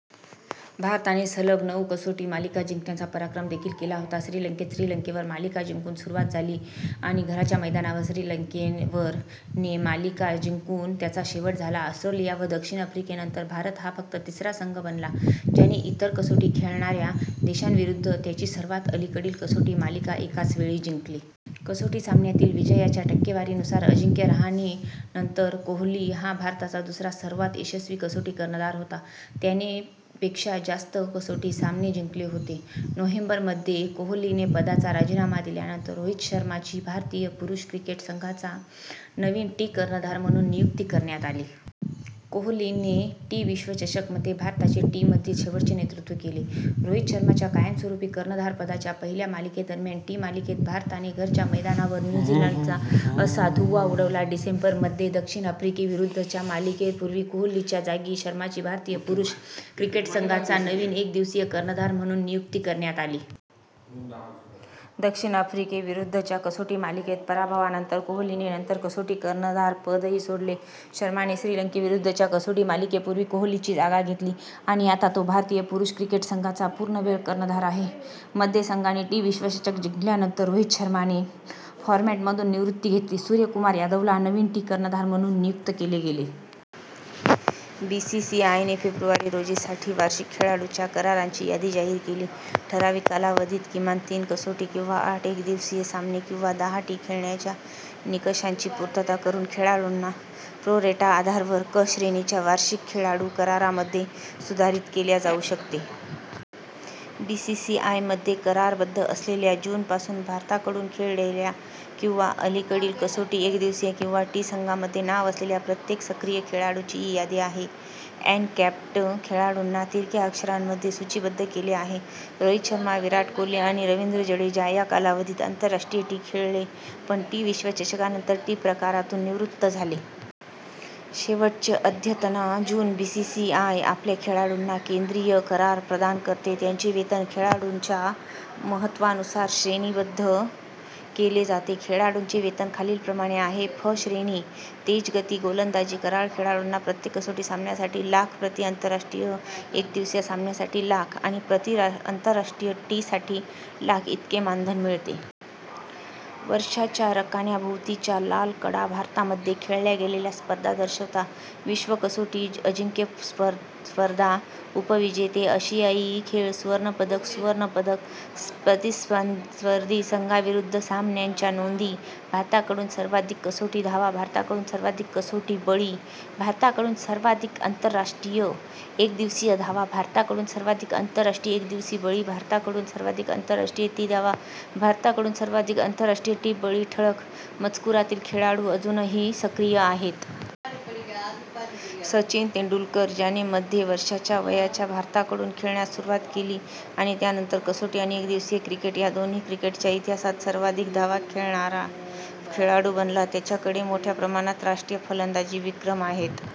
भारताने सलग नऊ कसोटी मालिका जिंकण्याचा पराक्रम देखील केला होता, श्रीलंकेत श्रीलंकेवर - मालिका जिंकून सुरुवात झाली आणि घरच्या मैदानावर श्रीलंकेवर - ने मालिका जिंकून त्याचा शेवट झाला. ऑस्ट्रेलिया आणि दक्षिण आफ्रिकेनंतर भारत हा फक्त तिसरा संघ बनला ज्याने इतर सर्व कसोटी खेळणाऱ्या देशांविरुद्ध त्यांची सर्वात अलीकडील कसोटी मालिका एकाच वेळी जिंकली. कसोटी सामन्यांतील विजयाच्या टक्केवारीनुसार, अजिंक्य रहाणेनंतर कोहली हा भारताचा दुसरा सर्वात यशस्वी कसोटी कर्णधार होता, त्याने पेक्षा जास्त कसोटी सामने जिंकले होते. नोव्हेंबर मध्ये, कोहलीने पदाचा राजीनामा दिल्यानंतर रोहित शर्माची भारतीय पुरुष क्रिकेट संघाचा नवीन टी कर्णधार म्हणून नियुक्ती करण्यात आली. कोहलीने टी विश्वचषक मध्ये भारताचे टी मधील शेवटचे नेतृत्व केले. रोहित शर्माच्या कायमस्वरूपी कर्णधारपदाच्या पहिल्या मालिकेदरम्यान टी मालिकेत भारताने घरच्या मैदानावर न्यू झीलंडचा - असा धुव्वा उडवला. डिसेंबर मध्ये, दक्षिण आफ्रिकेविरुद्धच्या मालिके पूर्वी कोहलीच्या जागी शर्माची भारतीय पुरुष क्रिकेट संघाचा नवीन एकदिवसीय कर्णधार म्हणून नियुक्ती करण्यात आली. दक्षिण आफ्रिकेविरुद्धच्या कसोटी मालिकेतील पराभवानंतर कोहलीने नंतर कसोटी कर्णधारपदही सोडले. शर्माने श्रीलंकेविरुद्धच्या कसोटी मालिकेपूर्वी कोहलीची जागा घेतली आणि आता तो भारतीय पुरुष क्रिकेट संघाचा पूर्णवेळ कर्णधार आहे. मध्ये, संघाने टी विश्वचषक जिंकल्यानंतर, रोहित शर्माने फॉर्मेटमधून निवृत्ती घेतली, सूर्यकुमार यादवला नवीन टी कर्णधार म्हणून नियुक्त केले गेले. बीसीसीआयने फेब्रुवारी रोजी - साठी वार्षिक खेळाडूंच्या करारांची यादी जाहीर केली. ठराविक कालावधीत किमान तीन कसोटी किंवा आठ एकदिवसीय सामने किंवा दहा टी- खेळण्याच्या निकषांची पूर्तता करून खेळाडूंना प्रो-रेटा आधारावर 'क' श्रेणीच्या वार्षिक खेळाडू करारामध्ये सुधारित केले जाऊ शकते. बीसीसीआयमध्ये करारबद्ध असलेल्या, जून पासून भारताकडून खेळलेल्या किंवा अलीकडील कसोटी, एकदिवसीय किंवा टी संघांमध्ये नाव असलेल्या प्रत्येक सक्रिय खेळाडूची ही यादी आहे. अनकॅप्ड खेळाडूंना तिरक्या अक्षरांमध्ये सूचीबद्ध केले आहे. रोहित शर्मा, विराट कोहली, आणि रवींद्र जडेजा या कालावधीत आंतरराष्ट्रीय टी खेळले पण टी विश्वचषकानंतर टी प्रकारांतून निवृत्त झाले. शेवटचे अद्यतन: जून बीसीसीआय आपल्या खेळाडूंना केंद्रीय करार प्रदान करते, त्यांचे वेतन खेळाडूच्या महत्त्वानुसार श्रेणीबद्ध केले जाते. खेळाडूंचे वेतन खालीलप्रमाणे आहे. फ श्रेणी – तेजगती गोलंदाजी करार खेळाडूंना प्रत्येक कसोटी सामन्यासाठी लाख, प्रति आंतरराष्ट्रीय एकदिवसीय सामन्यासाठी लाख आणि प्रति आंतरराष्ट्रीय टी साठी लाख इतके मानधन मिळते. वर्षाच्या रकान्याभोवतीच्या लाल कडा भारतामध्ये खेळल्या गेलेल्या स्पर्धा दर्शवतो. विश्व कसोटी अजिंक्यपद स्पर्धा: उपविजेते: -,- आशियाई खेळ सुवर्ण पदक: सुवर्ण पदक: प्रतिस्पर्धी संघांविरुद्ध सामन्यांच्या नोंदी भारताकडून सर्वाधिक कसोटी धावा भारताकडून सर्वाधिक कसोटी बळी भारताकडून सर्वाधिक आंतरराष्ट्रीय एकदिवसीय धावा भारताकडून सर्वाधिक आंतरराष्ट्रीय एकदिवसीय बळी भारताकडून सर्वाधिक आंतरराष्ट्रीय टी धावा भारताकडून सर्वाधिक आंतरराष्ट्रीय टी बळी ठळक मजकुरातील खेळाडू अजूनही सक्रिय आहेत. सचिन तेंडुलकर, ज्याने मध्ये वर्षांच्या वयात भारताकडून खेळण्यास सुरुवात केली आणि त्यानंतर कसोटी आणि एकदिवसीय क्रिकेट या दोन्ही क्रिकेटच्या इतिहासात सर्वाधिक धावा करणारा खेळाडू बनला, त्याच्याकडे मोठ्या प्रमाणात राष्ट्रीय फलंदाजी विक्रम आहेत.